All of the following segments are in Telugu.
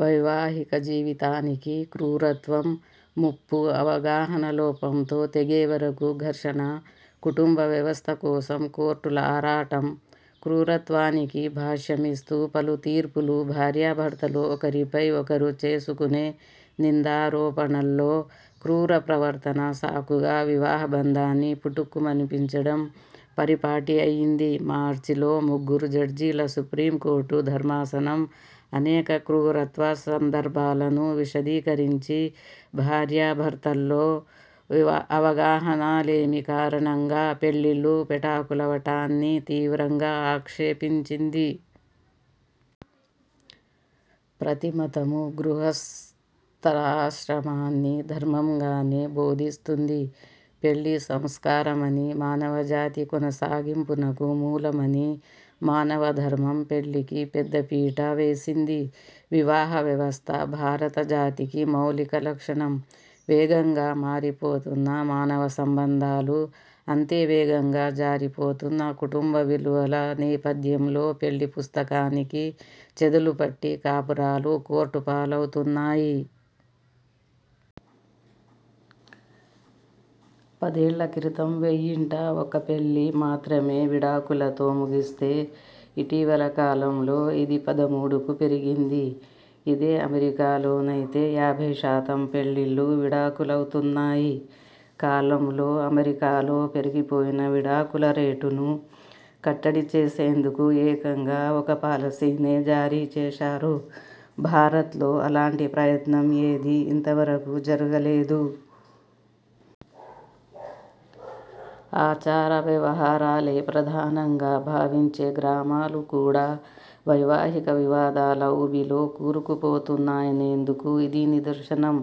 వైవాహిక జీవితానికి 'క్రూరత్వం' ముప్పు అవగాహన లోపంతో తెగేవరకు ఘర్షణ కుటుంబ వ్యవస్థ కోసం కోర్టుల ఆరాటం క్రూరత్వానికి భాష్యమిస్తూ పలు తీర్పులు భార్యాభర్తలు ఒకరిపై ఒకరు చేసుకునే నిందారోపణల్లో 'క్రూర ప్రవర్తన' సాకుగా వివాహబంధాన్ని పుటుక్కుమనిపించడం పరిపాటి అయ్యింది. మార్చిలో ముగ్గురు జడ్జీల సుప్రీంకోర్టు ధర్మాసనం అనేక 'క్రూరత్వ' సందర్భాలను విశదీకరించి, భార్యాభర్తల్లో అవగాహనాలేమి కారణంగా పెళ్లిళ్లు పెటాకులవటాన్ని తీవ్రంగా ఆక్షేపించింది. ప్రతి మతమూ గృహస్థాశ్రమాన్ని ధర్మంగానే బోధిస్తుంది. పెళ్లి సంస్కారమనీ, మానవజాతి కొనసాగింపునకు మూలమనీ మానవధర్మం పెళ్లికి పెద్దపీట వేసింది. వివాహ వ్యవస్థ భారత జాతికి మౌలిక లక్షణం. వేగంగా మారిపోతున్న మానవ సంబంధాలూ, అంతే వేగంగా జారిపోతున్న కుటుంబ విలువల నేపథ్యంలో పెళ్లి పుస్తకానికి చెదలుపట్టి కాపురాలు కోర్టు పాలవుతున్నాయి. పదేళ్ల క్రితం వెయ్యింట ఒక్క పెళ్లి మాత్రమే విడాకులతో ముగిస్తే, ఇటీవల కాలంలో ఇది పదమూడుకు పెరిగింది. ఇదే అమెరికాలోనైతే ఏభై శాతం పెళ్లిళ్లు విడాకులవుతున్నాయి. కాలంలో అమెరికాలో పెరిగిపోయిన విడాకుల రేటును కట్టడి చేసేందుకు ఏకంగా ఒక పాలసీనే జారీచేశారు. భారత్లో అలాంటి ప్రయత్నం ఏదీ ఇంతవరకు జరుగలేదు. ఆచార వ్యవహారాలే ప్రధానంగా భావించే గ్రామాలు కూడా వైవాహిక వివాదాల ఊబిలో కూరుకుపోతున్నాయనేందుకు ఇది నిదర్శనం.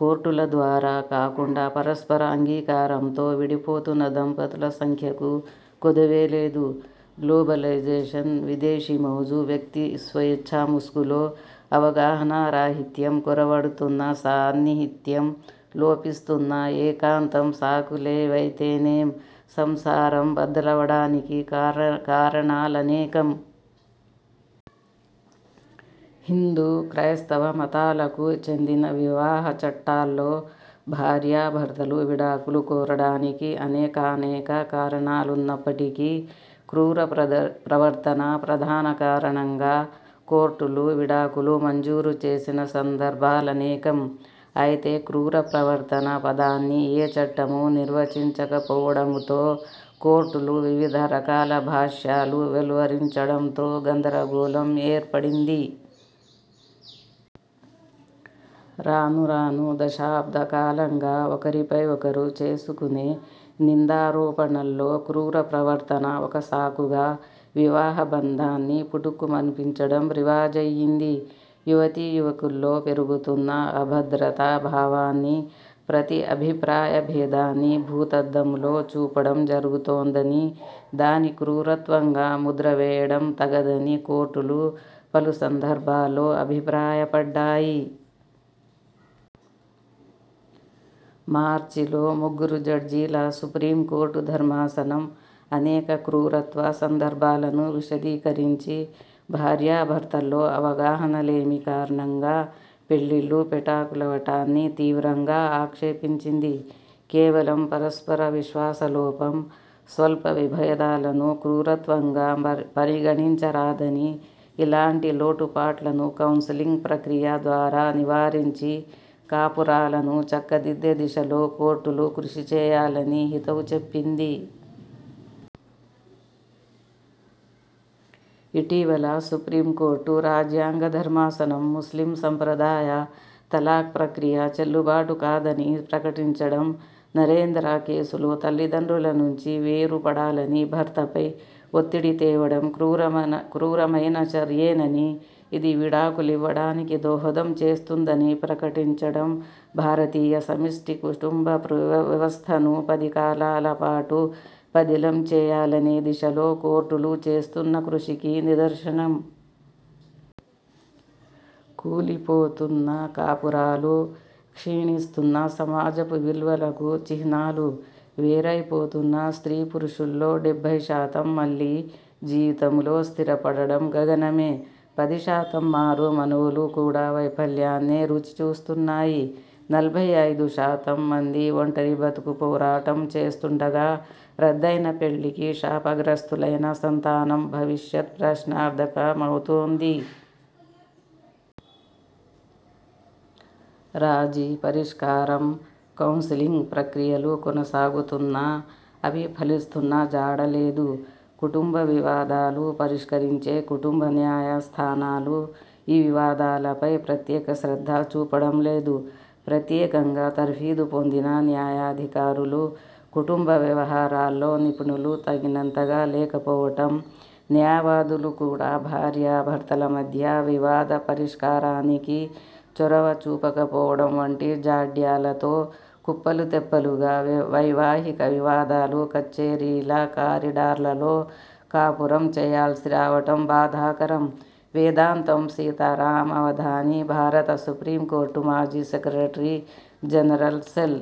కోర్టుల ద్వారా కాకుండా పరస్పర అంగీకారంతో విడిపోతున్న దంపతుల సంఖ్యకు కొదవేలేదు. గ్లోబలైజేషన్, విదేశీ మోజు, వ్యక్తిస్వేచ్ఛ ముసుగులో అవగాహనా రాహిత్యం, కొరవడుతున్న సాన్నిహిత్యం, లోపిస్తున్న ఏకాంతం, సాకులేవైతేనేం సంసారం బద్దలవడానికి కారణాలనేకం. హిందూ, క్రైస్తవ మతాలకు చెందిన వివాహ చట్టాల్లో భార్యాభర్తలు విడాకులు కోరడానికి అనేకానేక కారణాలున్నప్పటికీ 'క్రూర ప్రవర్తన' ప్రధాన కారణంగా కోర్టులు విడాకులు మంజూరు చేసిన సందర్భాలనేకం. అయితే 'క్రూర ప్రవర్తన' పదాన్ని ఏ చట్టమూ నిర్వచించకపోవడంతో కోర్టులు వివిధ రకాల భాష్యాలు వెలువరించడంతో గందరగోళం ఏర్పడింది. రాను రాను దశాబ్ద కాలంగా ఒకరిపై ఒకరు చేసుకునే నిందారోపణల్లో 'క్రూర ప్రవర్తన' ఒక సాకుగా వివాహబంధాన్ని పుటుక్కుమనిపించడం రివాజయ్యింది. యువతీ యువకుల్లో పెరుగుతున్న అభద్రతా భావాన్నీ, ప్రతి అభిప్రాయ భేదాన్నీ భూతద్దంలో చూపడం జరుగుతోందనీ, దాని క్రూరత్వంగా ముద్రవేయడం తగదనీ కోర్టులు పలు సందర్భాల్లో అభిప్రాయపడ్డాయి. మార్చిలో ముగ్గురు జడ్జీల సుప్రీంకోర్టు ధర్మాసనం అనేక 'క్రూరత్వ' సందర్భాలను విశదీకరించి, భార్యాభర్తల్లో అవగాహనాలేమి కారణంగా పెళ్లిళ్లు పెటాకులవటాన్ని తీవ్రంగా ఆక్షేపించింది. కేవలం పరస్పర విశ్వాస లోపం, స్వల్ప విభేదాలను 'క్రూరత్వం'గా పరిగణించరాదనీ ఇలాంటి లోటుపాట్లను కౌన్సెలింగ్ ప్రక్రియ ద్వారా నివారించి కాపురాలను చక్కదిద్దే దిశలో కోర్టులు కృషి చేయాలనీ హితవు చెప్పింది. ఇటీవల సుప్రీంకోర్టు రాజ్యాంగ ధర్మాసనం ముస్లిం సంప్రదాయ 'తలాక్' ప్రక్రియ చెల్లుబాటు కాదని ప్రకటించడం, 'నరేంద్ర' కేసులో తల్లిదండ్రుల నుంచి వేరు పడాలని భర్తపై ఒత్తిడి తేవడం క్రూరమైన చర్యేననీ, ఇది విడాకులివ్వడానికి దోహదం చేస్తుందనీ ప్రకటించడం, భారతీయ సమిష్టి కుటుంబ వ్యవస్థను పదికాలాల పాటు పదిలం చేయాలనే దిశలో కోర్టులు చేస్తున్న కృషికి నిదర్శనం. కూలిపోతున్న కాపురాలు క్షీణిస్తున్న సమాజపు విలువలకు చిహ్నాలు. వేరైపోతున్న స్ర్తీ పురుషుల్లో డెబ్బై శాతం మళ్లీ జీవితంలో స్థిరపడడం గగనమే. పది శాతం మారు మనువులు కూడా వైఫల్యాన్నే రుచి చూస్తున్నాయి. నలభై ఐదు శాతం మంది ఒంటరి బతుకు పోరాటం చేస్తుండగా, రద్దయిన పెళ్లికి శాపగ్రస్తులైన సంతానం భవిష్యత్ ప్రశ్నార్థకమవుతోంది. రాజీ పరిష్కారం, కౌన్సెలింగ్ ప్రక్రియలు కొనసాగుతున్నా అవి ఫలిస్తున్న జాడలేదు. కుటుంబ వివాదాలు పరిష్కరించే కుటుంబ న్యాయస్థానాలు ఈ వివాదాలపై ప్రత్యేక శ్రద్ధ చూపడం లేదు. ప్రత్యేకంగా తర్ఫీదు పొందిన న్యాయాధికారులూ, కుటుంబ వ్యవహారాల్లో నిపుణులూ తగినంతగా లేకపోవటం, న్యాయవాదులు కూడా భార్యాభర్తల మధ్య వివాద పరిష్కారానికి చొరవ చూపకపోవడం వంటి జాడ్యాలతో కుప్పలు తెప్పలుగా వైవాహిక వివాదాలు కచ్చేరీల కారిడార్లలో కాపురం చేయాల్సి రావటం బాధాకరం. వేదాంతం సీతారామావధాని, భారత సుప్రీంకోర్టు మాజీ సెక్రటరీ జనరల్, సెల్